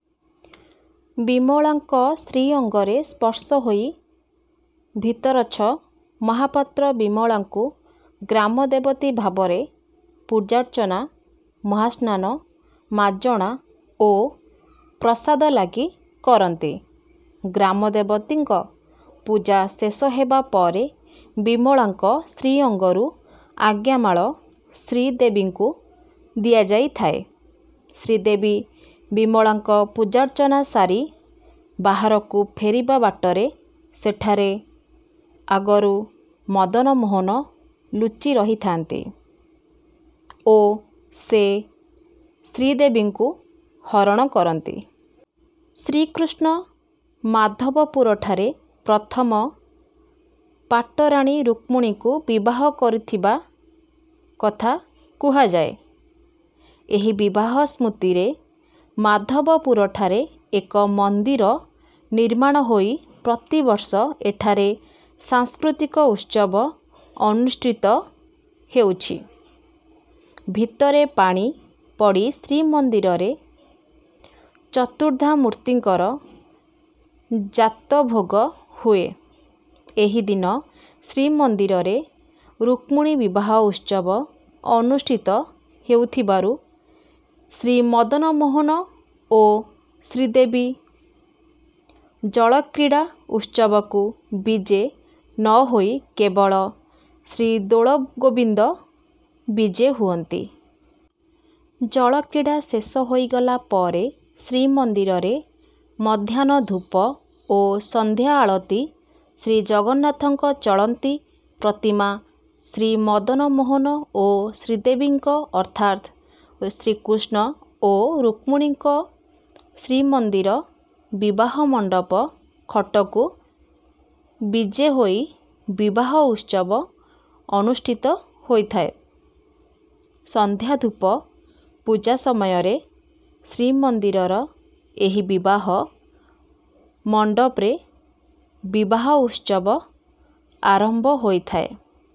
ବିମଳାଙ୍କ ଶ୍ରୀଅଙ୍ଗରେ ସ୍ପର୍ଶ ହୋଇ ଭିତରଛ ମହାପାତ୍ର ବିମଳାଙ୍କୁ ଗ୍ରାମଦେବତୀ ଭାବରେ ପୂଜାର୍ଚ୍ଚନା ମହାସ୍ନାନ ମାଜଣା ଓ ପ୍ରସାଦ ଲାଗି କରନ୍ତି। ଗ୍ରାମଦେବତୀଙ୍କ ପୂଜା ଶେଷ ହେବା ପରେ ବିମଳାଙ୍କ ଶ୍ରୀଅଙ୍ଗରୁ ଆଜ୍ଞାମାଳ ଶ୍ରୀଦେବୀଙ୍କୁ ଦିଆଯାଇଥାଏ। ଶ୍ରୀଦେବୀ ବିମଳାଙ୍କ ପୂଜାର୍ଚ୍ଚନା ସାରି ବାହାରକୁ ଫେରିବା ବାଟରେ ସେଠାରେ ଆଗରୁ ମଦନମୋହନ ଲୁଚି ରହିଥାନ୍ତି ଓ ସେ ଶ୍ରୀଦେବୀଙ୍କୁ ହରଣ କରନ୍ତି। ଶ୍ରୀକୃଷ୍ଣ ମାଧବପୁରଠାରେ ପ୍ରଥମ ପାଟରାଣୀ ରୁକ୍ମିଣୀଙ୍କୁ ବିବାହ କରିଥିବା କଥା କୁହାଯାଏ। ଏହି ବିବାହ ସ୍ମୃତିରେ ମାଧବପୁରଠାରେ ଏକ ମନ୍ଦିର ନିର୍ମାଣ ହୋଇ ପ୍ରତିବର୍ଷ ଏଠାରେ ସାଂସ୍କୃତିକ ଉତ୍ସବ ଅନୁଷ୍ଠିତ ହେଉଛି। ଭିତରେ ପାଣି ପଡ଼ି ଶ୍ରୀମନ୍ଦିରରେ ଚତୁର୍ଦ୍ଧାମୂର୍ତ୍ତିଙ୍କର ଯାତଭୋଗ ହୁଏ। ଏହିଦିନ ଶ୍ରୀମନ୍ଦିରରେ ରୁକ୍ମିଣୀ ବିବାହ ଉତ୍ସବ ଅନୁଷ୍ଠିତ ହେଉଥିବାରୁ ଶ୍ରୀମଦନମୋହନ ଓ ଶ୍ରୀଦେବୀ ଜଳକ୍ରୀଡ଼ା ଉତ୍ସବକୁ ବିଜେ ନ ହୋଇ କେବଳ ଶ୍ରୀଦୋଳଗୋବିନ୍ଦ ବିଜେ ହୁଅନ୍ତି। ଜଳକ୍ରୀଡ଼ା ଶେଷ ହୋଇଗଲା ପରେ ଶ୍ରୀମନ୍ଦିରରେ ମଧ୍ୟାହ୍ନ ଧୂପ ଓ ସନ୍ଧ୍ୟା ଆଳତି ଶ୍ରୀଜଗନ୍ନାଥଙ୍କ ଚଳନ୍ତି ପ୍ରତିମା ଶ୍ରୀମଦନମୋହନ ଓ ଶ୍ରୀଦେବୀଙ୍କ ଅର୍ଥାତ ଶ୍ରୀକୃଷ୍ଣ ଓ ରୁକ୍ମିଣୀଙ୍କ ଶ୍ରୀମନ୍ଦିର ବିବାହ ମଣ୍ଡପ ଖଟକୁ ବିଜେ ହୋଇ ବିବାହ ଉତ୍ସବ ଅନୁଷ୍ଠିତ ହୋଇଥାଏ। ସନ୍ଧ୍ୟା ଧୂପ ପୂଜା ସମୟରେ ଶ୍ରୀମନ୍ଦିରର ଏହି ବିବାହ ମଣ୍ଡପରେ ବିବାହ ଉତ୍ସବ ଆରମ୍ଭ ହୋଇଥାଏ।